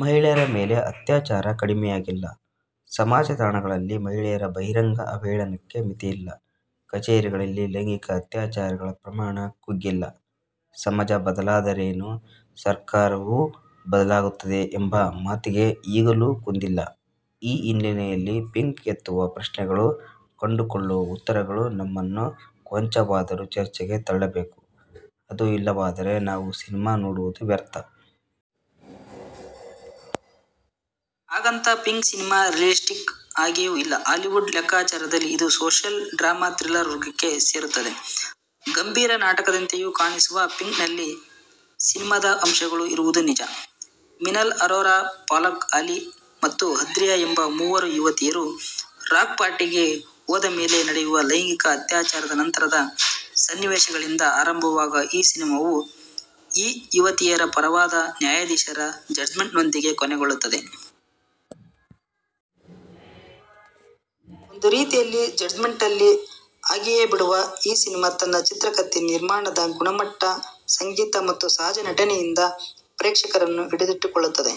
ಮಹಿಳೆಯರ ಮೇಲೆ ಅತ್ಯಾಚಾರ ಕಡಿಮೆಯಾಗಿಲ್ಲ; ಸಮಾಜತಾಣಗಳಲ್ಲಿ ಮಹಿಳೆಯರ ಬಹಿರಂಗ ಅವಹೇಳನಕ್ಕೆ ಮಿತಿಯಿಲ್ಲ; ಕಚೇರಿಗಳಲ್ಲಿ ಲೈಂಗಿಕ ಅತ್ಯಾಚಾರಗಳ ಪ್ರಮಾಣ ಕುಗ್ಗಿಲ್ಲ. ಸಮಾಜ ಬದಲಾದರೇನೇ ಸರ್ಕಾರವೂ ಬದಲಾಗುತ್ತದೆ ಎಂಬ ಮಾತಿಗೆ ಈಗಲೂ ಕುಂದಿಲ್ಲ. ಈ ಹಿನ್ನೆಲೆಯಲ್ಲಿ 'ಪಿಂಕ್' ಎತ್ತುವ ಪ್ರಶ್ನೆಗಳು, ಕಂಡುಕೊಳ್ಳುವ ಉತ್ತರಗಳು ನಮ್ಮನ್ನು ಕೊಂಚವಾದರೂ ಚರ್ಚೆಗೆ ತಳ್ಳಬೇಕು; ಅದೂ ಇಲ್ಲವಾದರೆ ನಾವು ಸಿನೆಮಾ ನೋಡುವುದೂ ವ್ಯರ್ಥ. ಹಾಗಂತ ಪಿಂಕ್' ಸಿನೆಮಾ ರಿಯಲಿಸ್ಟಿಕ್ ಆಗೇನೂ ಇಲ್ಲ; ಹಾಲಿವುಡ್ ಲೆಕ್ಕಾಚಾರದಲ್ಲಿ ಇದು ಸೋಶಿಯಲ್ ಡ್ರಾಮಾ ಥ್ರಿಲ್ಲರ್'ವರ್ಗಕ್ಕೆ ಸೇರುತ್ತದೆ. ಗಂಭೀರ ನಾಟಕದಂತೆಯೂ ಕಾಣಿಸುವ ಪಿಂಕ್'ನಲ್ಲಿ ಸಿನೆಮಾದ ಅಂಶಗಳೂ ಇರುವುದು ನಿಜ. ಮಿನಾಲ್ ಅರೋರಾ, ಫಲಕ್ ಆಲಿ ಮತ್ತು ಆಂದ್ರಿಯಾ ಎಂಬ ಮೂವರು ಯುವತಿಯರು ರಾಕ್ ಪಾರ್ಟಿಗೆ ಹೋದಮೇಲೆ ನಡೆಯುವ ಲೈಂಗಿಕ ಅತ್ಯಾಚಾರದ ನಂತರದ ಸನ್ನಿವೇಶಗಳಿಂದ ಆರಂಭವಾಗುವ ಈ ಸಿನೆಮಾವು ಈ ಯುವತಿಯರ ಪರವಾದ ನ್ಯಾಯಾಧೀಶರ ಜಡ್ಜ್ ಮೆಂಟ್ನೊಂದಿಗೆ ಕೊನೆಗೊಳ್ಳುತ್ತದೆ. ಒಂದು ರೀತಿಯಲ್ಲಿ ಜಡ್ಜ್ ಮೆಂಟಲ್ಲಿ ಆಗಿಯೇಬಿಡುವ ಈ ಸಿನೆಮಾ ತನ್ನ ಚಿತ್ರಕಥೆ, ನಿರ್ಮಾಣದ ಗುಣಮಟ್ಟ, ಸಂಗೀತ ಮತ್ತು ಸಹಜ ನಟನೆಯಿಂದ ಪ್ರೇಕ್ಷಕರನ್ನು ಹಿಡಿದಿಟ್ಟುಕೊಳ್ಳುತ್ತದೆ.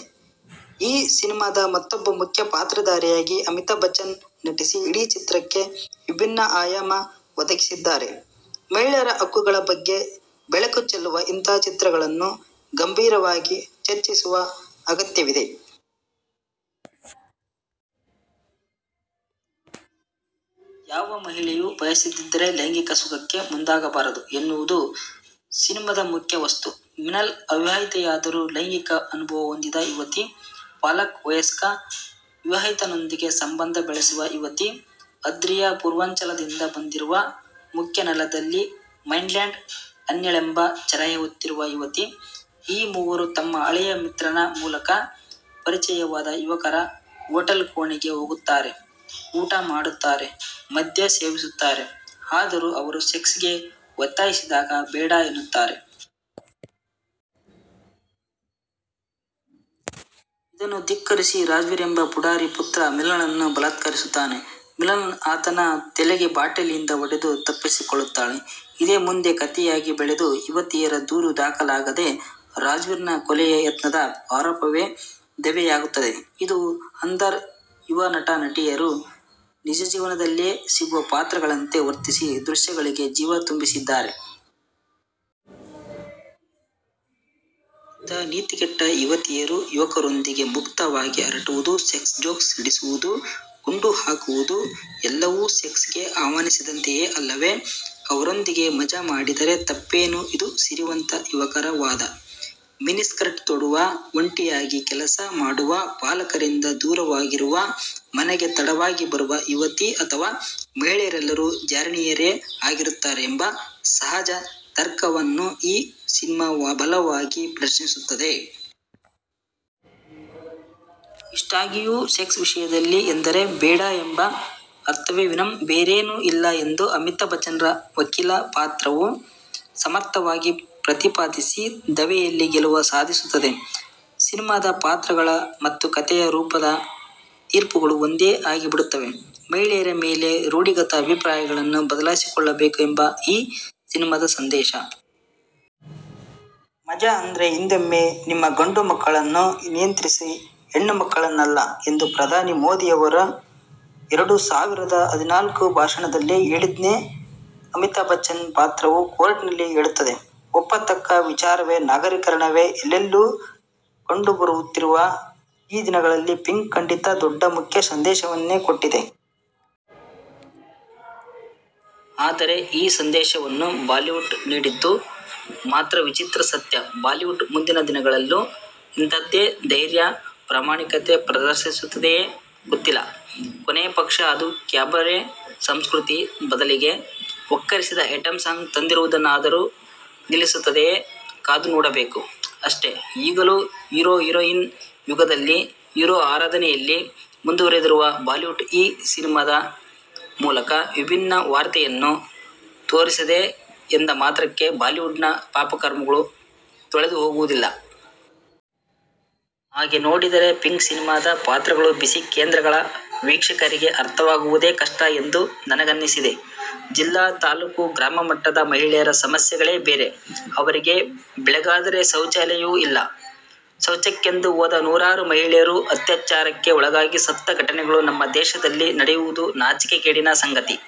ಈ ಸಿನೆಮಾದ ಮೊತ್ತೊಬ್ಬ ಮುಖ್ಯ ಪಾತ್ರಧಾರಿಯಾಗಿ ಅಮಿತಾಭ್ ಬಚ್ಚನ್ ನಟಿಸಿ ಇಡೀ ಚಿತ್ರಕ್ಕೆ ವಿಭಿನ್ನ ಆಯಾಮ ಒದಗಿಸಿದ್ದಾರೆ. ಮಹಿಳೆಯರ ಹಕ್ಕುಗಳ ಬಗ್ಗೆ ಬೆಳಕು ಚೆಲ್ಲುವ ಇಂಥ ಚಿತ್ರಗಳನ್ನು ಗಂಭೀರವಾಗಿ ಚರ್ಚಿಸುವ ಅಗತ್ಯವಿದೆ. ಯಾವ ಮಹಿಳೆಯೂ ಬಯಸದಿದ್ದರೆ ಲೈಂಗಿಕ ಸುಖಕ್ಕೆ ಮುಂದಾಗಬಾರದು ಎನ್ನುವುದು ಸಿನೆಮಾದ ಮುಖ್ಯ ವಸ್ತು. ಮಿನಾಲ್: ಅವಿವಾಹಿತೆಯಾದರೂ ಲೈಂಗಿಕ ಅನುಭವ ಹೊಂದಿದ ಯುವತಿ; ಫಲಕ್: ವಯಸ್ಕ ವಿವಾಹಿತನೊಂದಿಗೆ ಸಂಬಂಧ ಬೆಳೆಸಿರುವ ಯುವತಿ; ಆಂದ್ರಿಯಾ ಪೂರ್ವಾಂಚಲದಿಂದ ಬಂದಿರುವ, ಮುಖ್ಯನೆಲದಲ್ಲಿ –ಮೈನ್ಲ್ಯಾಂಡ್- ಅನ್ಯಳೆಂಬ ಚಹರೆ ಹೊತ್ತಿರುವ ಯುವತಿ. ಈ ಮೂವರೂ ತಮ್ಮ ಹಳೆಯ ಮಿತ್ರನ ಮೂಲಕ ಪರಿಚಯವಾದ ಯುವಕರ ಹೋಟೆಲ್ ಕೋಣೆಗೆ ಹೋಗುತ್ತಾರೆ; ಊಟ ಮಾಡುತ್ತಾರೆ; ಮದ್ಯ ಸೇವಿಸುತ್ತಾರೆ; ಆದರೂ ಅವರು ಸೆಕ್ಸ್ ಗೆ ಒತ್ತಾಯಿಸಿದಾಗ ಬೇಡ' ಎನ್ನುತ್ತಾರೆ. ಅದನ್ನೂ ಧಿಕ್ಕರಿಸಿ ರಾಜ್ವೀರ್ ಎಂಬ ಪುಢಾರಿಯ ಪುತ್ರ ಮಿನಾಲ್ಳನ್ನು ಬಲಾತ್ಕಾರಿಸುತ್ತಾನೆ; ಮಿನಾಲ್ ಆತನ ತಲೆಗೆ ಬಾಟಲಿಯಿಂದ ಹೊಡೆದು ತಪ್ಪಿಸಿಕೊಳ್ಳುತ್ತಾಳೆ. ಇದೇ ಮುಂದೆ ಕಥೆಯಾಗಿ ಬೆಳೆದು ಯುವತಿಯರ ದೂರು ದಾಖಲಾಗದೆ ರಾಜ್ವೀರ್ ನ ಕೊಲೆ ಯತ್ನದ ಆರೋಪವೇ ದಾವೆಯಾಗುತ್ತದೆ. ಇದು ಕಥಾ ಹಂದರ. ಯುವ ನಟ-ನಟಿಯರು ನಿಜಜೀವನದಲ್ಲೇ ಸಿಗುವ ಪಾತ್ರಗಳಂತೆ ವರ್ತಿಸಿ ದೃಶ್ಯಗಳಿಗೆ ಜೀವ ತುಂಬಿಸಿದ್ದಾರೆ. ಇಂಥ ನೀತಿಗೆಟ್ಟ' ಯುವತಿಯರು ಯುವಕರೊಂದಿಗೆ ಮುಕ್ತವಾಗಿ ಹರಟುವುದು, ಸೆಕ್ಸ್ ಜೋಕ್ ಸಿಡಿಸುವುದು, ಗುಂಡು ಹಾಕುವುದು- ಎಲ್ಲವೂ ಸೆಕ್ಸ್ ಗೆ ಆಹ್ವಾನಿಸಿದಂತೆಯೇ ಅಲ್ಲವೆ? ಅವರೊಂದಿಗೆ ಮಜಾ ಮಾಡಿದರೆ ತಪ್ಪೇನು? '– ಇದು ಸಿರಿವಂತ ಯುವಕರ ವಾದ. ಮಿನಿಸ್ಕರ್ಟ್ ತೊಡುವ, ಒಂಟಿಯಾಗಿ ಕೆಲಸ ಮಾಡುವ, ಪಾಲಕರಿಂದ ದೂರವಾಗಿರುವ, ಮನೆಗೆ ತಡವಾಗಿ ಬರುವ ಯುವತಿ ಅಥವ ಮಹಿಳೆಯರೆಲ್ಲರೂ ಜಾರಿಣಿಯರೇ ಆಗಿರುತ್ತಾರೆ ಎಂಬ ಸಹಜ ತರ್ಕವನ್ನು ಈ ಸಿನೆಮಾ ಬಲವಾಗಿ ಪ್ರಶ್ನಿಸುತ್ತದೆ. ಇಷ್ಟಾಗಿಯೂ, ಸೆಕ್ಸ್ ವಿಷಯದಲ್ಲಿ ಎಂದರೆ ಬೇಡ ಎಂಬ ಅರ್ಥವೇ ವಿನಃ ಬೇರೇನೂ ಇಲ್ಲ ಎಂದು ಅಮಿತಾಭ್ ಬಚ್ಚನ್ರ ವಕೀಲ ಪಾತ್ರವು ಸಮರ್ಥವಾಗಿ ಪ್ರತಿಪಾದಿಸಿ ದಾವೆಯಲ್ಲಿ ಗೆಲುವು ಸಾಧಿಸುತ್ತದೆ. ಸಿನೆಮಾದ ಪಾತ್ರಗಳ ಮತ್ತು ಕಥೆಯ ರೂಪದ ತೀರ್ಪುಗಳು ಒಂದೇ ಆಗಿಬಿಡುತ್ತವೆ. ಮಹಿಳೆಯರ ಮೇಲಿನ ರೂಢಿಗತ ಅಭಿಪ್ರಾಯಗಳನ್ನು ಬದಲಿಸಿಕೊಳ್ಳಬೇಕು ಎಂಬುದೇ ಈ ಸಿನೆಮಾದ ಸಂದೇಶ. ಮಜಾ ಅಂದ್ರೆ ಹಿಂದೊಮ್ಮೆ ನಿಮ್ಮ ಗಂಡು ಮಕ್ಕಳನ್ನು ನಿಯಂತ್ರಿಸಿ, ಹೆಣ್ಣು ಮಕ್ಕಳನ್ನಲ್ಲ' ಎಂದು ಪ್ರಧಾನಿ ಮೋದಿಯವರು ಎರಡು ಸಾವಿರದ ಹದಿನಾಲ್ಕರ ಭಾಷಣದಲ್ಲಿ ಹೇಳಿದ್ದನ್ನೇ ಅಮಿತಾಭ್ ಬಚ್ಚನ್ ಪಾತ್ರವೂ ಕೋರ್ಟಿನಲ್ಲಿ ಹೇಳುತ್ತದೆ. ಒಪ್ಪತಕ್ಕ ವಿಚಾರವೇ. ನಗರೀಕರಣವೇ ಎಲ್ಲೆಲ್ಲೂ ಕಂಡುಬರುತ್ತಿರುವ ಈ ದಿನಗಳಲ್ಲಿ ಪಿಂಕ್' ಖಂಡಿತ ದೊಡ್ಡ, ಮುಖ್ಯ ಸಂದೇಶವನ್ನೇ ಕೊಟ್ಟಿದೆ. ಆದರೆ ಈ ಸಂದೇಶವನ್ನು ಬಾಲಿವುಡ್ ನೀಡಿದ್ದು ಮಾತ್ರ ವಿಚಿತ್ರ ಸತ್ಯ. ಬಾಲಿವುಡ್ ಮುಂದಿನ ದಿನಗಳಲ್ಲೂ ಇಂಥದ್ದೇ ಧೈರ್ಯ, ಪ್ರಾಮಾಣಿಕತೆ ಪ್ರದರ್ಶಿಸುತ್ತದೆಯೆ? ಗೊತ್ತಿಲ್ಲ. ಕೊನೇ ಪಕ್ಷ ಅದು ಕ್ಯಾಬರೆ ಸಂಸ್ಕೃತಿಯ ಬದಲಿಗೆ ವಕ್ಕರಿಸಿದ ಐಟಂ ಸಾಂಗ್ ತಂದಿರುವುದನ್ನಾದರೂ ನಿಲ್ಲಿಸುತ್ತದೆಯೆ? ಕಾದು ನೋಡಬೇಕು, ಅಷ್ಟೆ. ಈಗಲೂ ಹೀರೋ-ಹೀರೋಯಿನ್ ಯುಗದಲ್ಲೇ ಹೀರೋ ಆರಾಧನೆ'ಯಲ್ಲಿ ಮುಂದುವರಿದಿರುವ ಬಾಲಿವುಡ್ ಈ ಸಿನೆಮಾದ ಮೂಲಕ ವಿಭಿನ್ನ ವರ್ತನೆಯನ್ನು ತೋರಿಸಿದೆ ಎಂದ ಮಾತ್ರಕ್ಕೆ ಬಾಲಿವುಡ್ನ ಪಾಪಕರ್ಮಗಳು ತೊಳೆದುಹೋಗುವುದಿಲ್ಲ. ಹಾಗೆ ನೋಡಿದರೆ ಪಿಂಕ್' ಸಿನೆಮಾದ ಪಾತ್ರಗಳು ಬಿ-ಸಿ ಕೇಂದ್ರಗಳ ವೀಕ್ಷಕರಿಗೆ ಅರ್ಥವಾಗುವುದೇ ಕಷ್ಟ ಎಂದು ನನಗನ್ನಿಸಿದೆ. ಜಿಲ್ಲಾ-ತಾಲೂಕು-ಗ್ರಾಮಮಟ್ಟದ ಮಹಿಳೆಯರ ಸಮಸ್ಯೆಗಳೇ ಬೇರೆ. ಅವರಿಗೆ ಬೆಳಗಾದರೆ ಶೌಚಾಲಯವೂ ಇಲ್ಲ. ಶೌಚಕ್ಕೆಂದು ಹೋದ ನೂರಾರು ಮಹಿಳೆಯರು ಅತ್ಯಾಚಾರಕ್ಕೆ ಒಳಗಾಗಿ ಸತ್ತ ಘಟನೆಗಳು ನಮ್ಮ ದೇಶದಲ್ಲಿ ನಡೆದಿರುವುದು ನಾಚಿಕೆಗೇಡಿನ ಸಂಗತಿ.